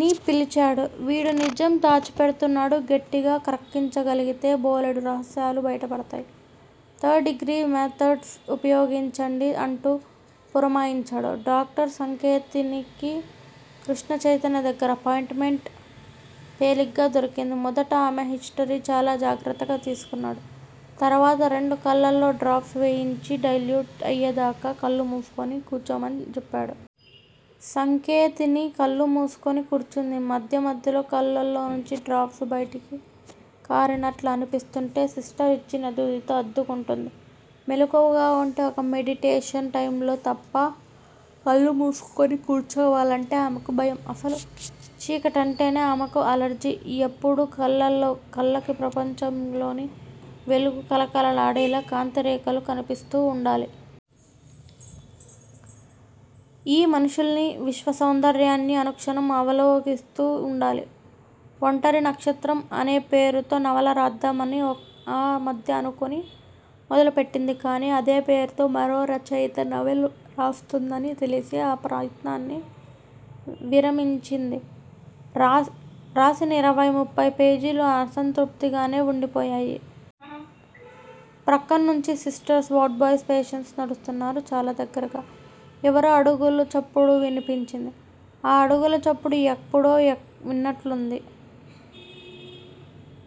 ని పిలిచాడు. వీడు నిజం దాచిపెడుతున్నాడు. గట్టిగా క్రక్కించగలిగితే బోలెడు రహస్యాలు బయటపడతాయి. థర్డ్ డిగ్రీ మెథడ్స్ ఉపయోగించండి అంటూ పురమాయించాడు. డాక్టరు సంకేతినికి కృష్ణచైతన్య దగ్గర అపాయింట్ మెంట్ తేలిగ్గా దొరికింది. మొదట ఆమె హిస్టరీ చాలా జాగ్రత్తగా తీసుకున్నాడు. తర్వాత రెండు కళ్ళలో డ్రాప్స్ వేయించి డైల్యూట్ అయ్యేదాకా కళ్ళు మూసుకుని కూచోమని చెప్పాడు. సంకేతిని కళ్ళు మూసుకుని కూర్చుంది. మధ్య మధ్య కళ్ళలోంచి డ్రాప్స్ బయటకు కారినట్లు అనిపిస్తోంటే సిస్టర్ ఇచ్చిన దూదితో అద్దుకుంటోంది. మెలకువగా ఉంటే ఒక్క మెడిటేషన్ టైములో తప్ప కళ్ళు మూసుకుని కూర్చోవాలంటే ఆమెకు భయం. అసలు చీకటంటేనే ఆమెకు ఎలర్జీ. ఎప్పుడూ కళ్ళకి ప్రపంచంలోని వెలుగూ, కళకళలాడే కాంతిరేఖలు కనిపిస్తూ ఉండాలి. ఈ మనుషుల్నీ, విశ్వసౌందర్యాన్నీ అనుక్షణం అవలోకిస్తూ ఉండాలి. 'ఒంటరి నక్షత్రం' అనే పేరుతో నవల రాద్దామని ఆ మధ్య అనుకుని మొదలుపెట్టింది. కాని, అదే పేరుతో మరో రచయిత్రి నవల రాస్తోందని తెలిసి ఆ ప్రయత్నాన్ని విరమించింది. రాసిన ఇరవై, ముప్పై పేజీలు అసంపూర్తిగానే వుండిపోయాయి. ప్రక్కనుంచి సిస్టర్సూ, వార్డుబాయ్స్, పేషెంట్స్ నడుస్తున్నారు చాలా దగ్గరగా ఎవరివో అడుగుల చప్పుడు వినిపించింది. ఆ అడుగులచప్పుడు ఎప్పుడో విన్నట్లనిపించింది.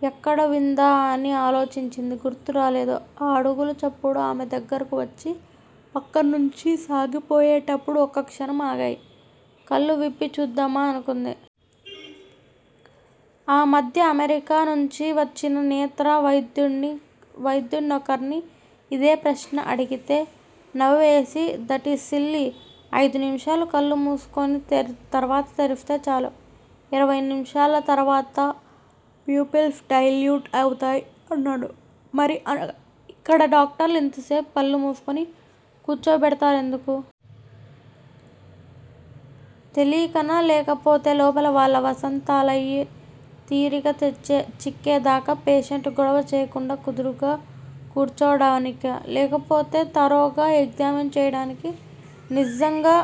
ఎక్కడ విందా అని ఆలోచించింది. గుర్తు రాలేదు. ఆ అడుగుల చప్పుడు ఆమె దగ్గరకు వచ్చి ప్రక్కనుంచి సాగిపోయేటప్పుడు ఒక్క క్షణం ఆగాయి. కళ్ళు విప్పి చూద్దామా అనుకుంది. ఆ మధ్య అమెరికా నుంచి వచ్చిన నేత్ర వైద్యుడొకర్ని ఇదే ప్రశ్న అడిగితే, నవ్వేసి దటీజ్ సిల్లీ! ఐదు నిమిషాలు కళ్ళు మూసుకుని తర్వాత తెరిస్తే చాలు. ఇరవై నిమిషాల తర్వాత ప్యూపిల్స్ డైలేట్ అయిపోతాయి అన్నాడు. మరి ఇక్కడ డాక్టర్లు అంతసేపు కళ్ళుమూసి కూచోబెడతారెందుకు? తెలీకనా? లేకపోతే లోపల వాళ్ళ వసంతాలయి తీరిక చిక్కేదాకా పేషెంట్ గొడవ చెయ్యకుండా, కుదురుగా కూర్చోవడానికా? లేకపోతే థరోగా ఎగ్జామిన్ చెయ్యటానికి నిజంగా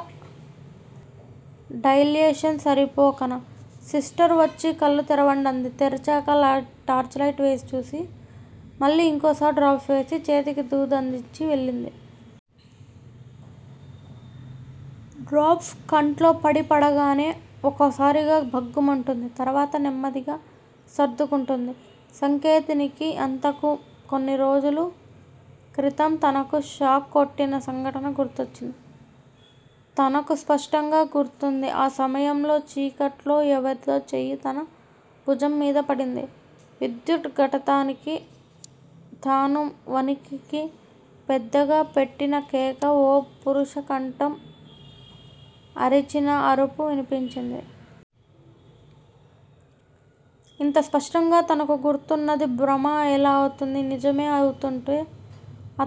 డైలటేషన్ సరిపోకనా? సిస్టరు వచ్చి కళ్ళు తెరవండి అంది. తెరిచాక టార్చిలైటు వేసి చూసి, మళ్ళీ ఇంకోసారి డ్రాప్స్ వేసి చేతికి దూది అందించి వెళ్ళిపోయింది. డ్రాప్స్ కంట్లో పడీపడగానే ఒక్కసారిగా భగ్గుమంటుంది. తర్వాత నెమ్మదిగా సర్దుకుంటుంది. సంకేతినికి అంతకు కొన్నిరోజుల క్రితం తనకు షాక్ కొట్టిన సంఘటన గుర్తుకువచ్చింది. తనకు స్పష్టంగా గుర్తుంది. ఆ సమయంలో చీకట్లో ఎవరిదో చెయ్యి తన భుజంమీద పడింది. విద్యుద్ఘాతానికి తాను వణికి పెద్దగా పెట్టిన కేక ఓ పురుషకంఠం అరిచిన అరుపు వినిపించింది. ఇంత స్పష్టంగా తనకు గుర్తున్నది భ్రమ ఎలా అవుతుంది? నిజమే అయివుంటే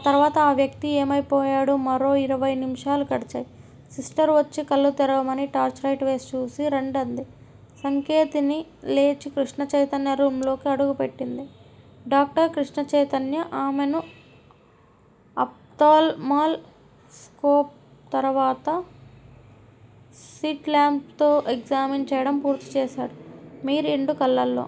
తర్వాత ఆ వ్యక్తి ఏమైపోయాడు? మరో ఇరవై నిమిషాలు గడిచాయి. సిస్టర్ వచ్చి కళ్ళు తెరవమని టార్చిలైట్ వేసి చూసి రండి అంది. సంకేతిని లేచి కృష్ణచైతన్య రూమ్ లోకి అడుగుపెట్టింది. డాక్టర్ కృష్ణచైతన్య ఆమెను అప్ థల్ మాల్ స్కోప్ తో తర్వాత సిట్ ల్యాంప్ తో ఎగ్జామిన్ చెయ్యటం పూర్తిచేశాడు. మీ రెండు కళ్ళలో-